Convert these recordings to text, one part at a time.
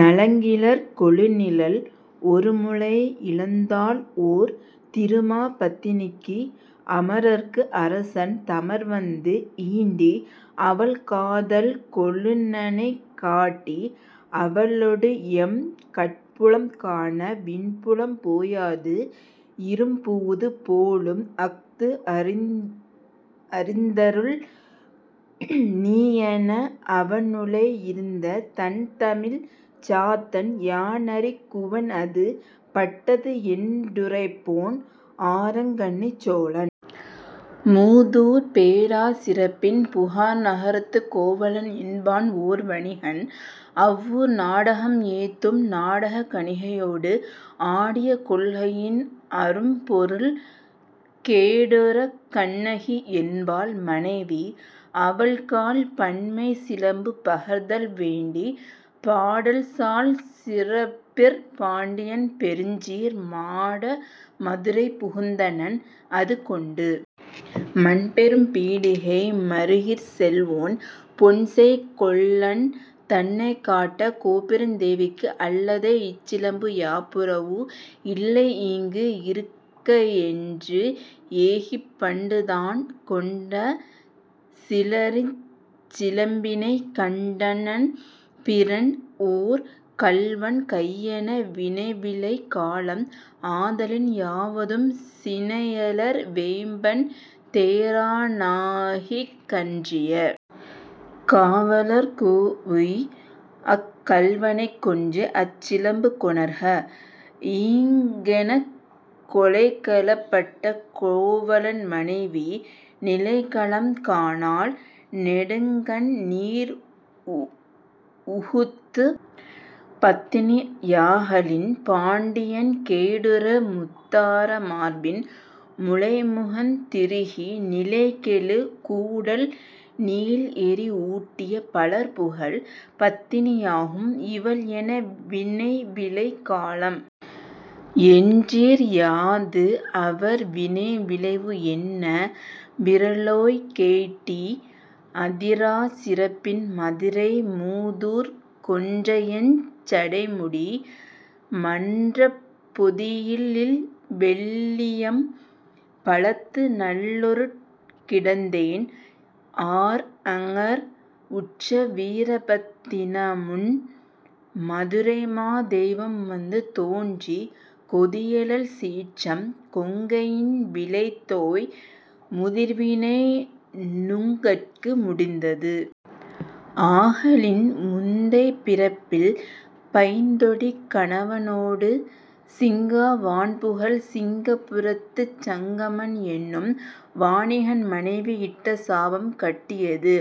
நலங்கிளர் கொழுநிழல் ஒருமுலை இழந்தாள்ஓர் திருமா பத்தினிக்கு அமரர்க்கு அரசன் தமர்வந்து ஈண்டிஅவள் காதல் கொழுநனைக் காட்டி அவளொடுஎம் கட்புலம் காண விண்புலம் போயது இறும்பூது போலும்அஃது அறிந்தருள் நீயென, அவனுழை இருந்த தண்தமிழ்ச் சாத்தன் யான்அறி குவன்அது பட்டதுஎன் றுரைப்போன்: ஆரங் கண்ணிச் சோழன் மூதூர்ப் பேராச் சிறப்பின் புகார்நக ரத்துக் கோவலன் என்பான்ஓர் வாணிகன் அவ்வூர் நாடகம் ஏத்தும் நாடகக் கணிகையொடு ஆடிய கொள்கையின் அரும்பொருள் கேடுறக் கண்ணகி என்பாள் மனைவி அவள்கால் பண்ணமை சிலம்பு பகர்தல் வேண்டிப் பாடல்சால் சிறப்பிற் பாண்டியன் பெருஞ்சீர் மாட மதுரை புகுந்தனன், அதுகொண்டு மன்பெரும் பீடிகை மறுகிற் செல்வோன் பொன்செய் கொல்லன் தன்கைக் காட்டக் கோப்பெருந் தேவிக்கு அல்லதை இச்சிலம்பு யாப்புறவு இல்லைஈங்கு இருக்கயென்று ஏகிப் பண்டுதான் கொண்ட சில்லரிச் சிலம்பினைக் கண்டனன் பிறன்ஓர் கள்வன் கையென, வினைவிளை காலம் ஆதலின் யாவதும் சினையலர் வேம்பன் தேரா னாகிக் கன்றிய காவலர்க் கூஉய்அக் கள்வனைக் கொன்றுஅச் சிலம்பு கொணர்க ஈங்கெனக் கொலைக்களப் பட்ட கோவலன் மனைவி நிலைக்களம் காணாள் நெடுங்கண் நீர்உகுத்துப் பத்தினி யாகலின் பாண்டியன் கேடுற முத்தார மார்பின் முலைமுகந் திருகி நிலைகெழு கூடல் நீள்எரி ஊட்டிய பலர்புகழ் பத்தினி யாகும் இவள்என, வினைவிளை காலம் என்றீர் யாதுஅவர் வினைவிளைவு என்ன, விறலோய் கேட்டி அதிராச் சிறப்பின் மதுரை மூதூர்க் கொன்றையஞ் சடைமுடி மன்றப் பொதியிலில் வெள்ளியம் பலத்து நள்ளிருட் கிடந்தேன் ஆர்அஞர் உற்ற வீரபத் தினிமுன் மதுரைமா தெய்வம் வந்து தோன்றிக் கொதியழல் சீற்றம் கொங்கையின் விளைத்தோய் முதிர்வினை நுங்கட்கு முடிந்தது ஆகலின் முந்தைப் பிறப்பில் பைந்தொடி கணவனொடு சிங்கா வண்புகழ்ச் சிங்க புரத்துச் சங்கமன் என்னும் வாணிகன் மனைவி இட்ட சாபம் கட்டியது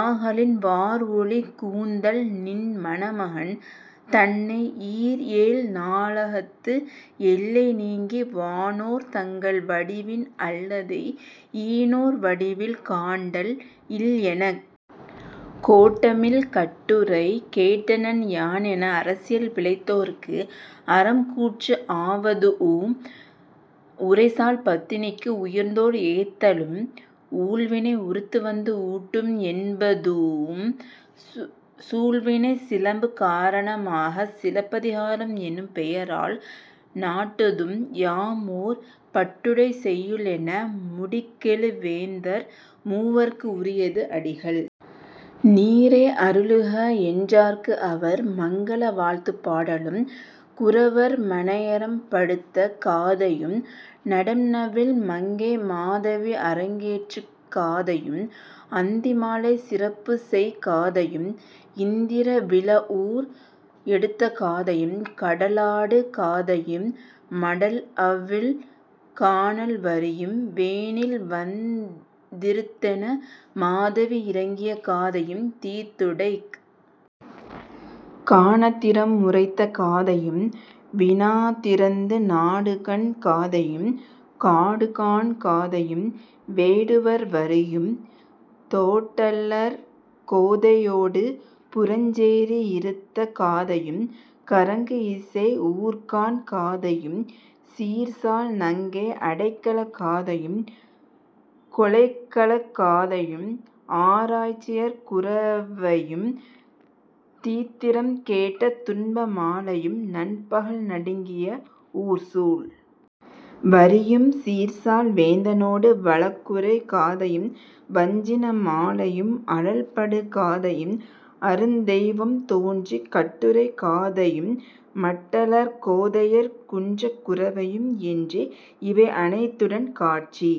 ஆகலின் வார்ஒலி கூந்தல்நின் மணமகன் தன்னை ஈர்ஏழ் நாளகத்து எல்லை நீங்கி வானோர் தங்கள் வடிவின் அல்லதை ஈனோர் வடிவில் காண்டல் இல்எனக் கோட்டம்இல் கட்டுரை கேட்டனன் யான்என, அரைசியல் பிழைத்தோர்க்கு அறம்கூற்று ஆவதூஉம் உரைசால் பத்தினிக்கு உயர்ந்தோர் ஏத்தலும் ஊழ்வினை உருத்துவந்து ஊட்டும் என்பதூஉம் சூழ்வினைச் சிலம்பு காரண மாகச் சிலப்பதி காரம் என்னும் பெயரால் நாட்டுதும் யாம்ஓர் பாட்டுடைச் செய்யுள்என, முடிகெழு வேந்தர் மூவர்க்கும் உரியது அடிகள் நீரே அருளுகஎன் றார்க்குஅவர், மங்கல வாழ்த்துப் பாடலும், குரவர் மனையறம் படுத்த காதையும், நடம்நவில் மங்கை மாதவி அரங்கேற்று காதையும், அந்தி மாலைச் சிறப்புசெய் காதையும், இந்திர விழவூர் எடுத்த காதையும், கடலாடு காதையும், மடல்அவிழ் கானல்வரியும், வேனில்வந் திறுத்தென மாதவி இரங்கிய காதையும், தீதுடைக் கானாத்திறம் உரைத்த காதையும், வினாத்திறத்து நாடுகாண் காதையும், காடுகாண் காதையும், வேட்டுவர் வரியும், தோட்டலர் கோதையொடு புறஞ்சேரி இறுத்த காதையும், கறங்குஇசை ஊர்க்காண் காதையும், சீர்சால் நங்கை அடைக்கலக் காதையும், கொலைக்களக் காதையும், ஆராய்ச்சியர் குரவையும், தீத்திறம் கேட்ட துன்ப மாலையும், நண்பகல் நடுங்கிய ஊர்சூழ் வரியும், சீர்சால் வேந்தனொடு வழக்குரை காதையும், வஞ்சின மாலையும், அழல்படு காதையும், அருந்தெய்வம் தோன்றிக் கட்டுரை காதையும், மட்டலர் கோதையர் குன்றக் குரவையும், என்றுஇவை அனைத்துடன் காட்சி,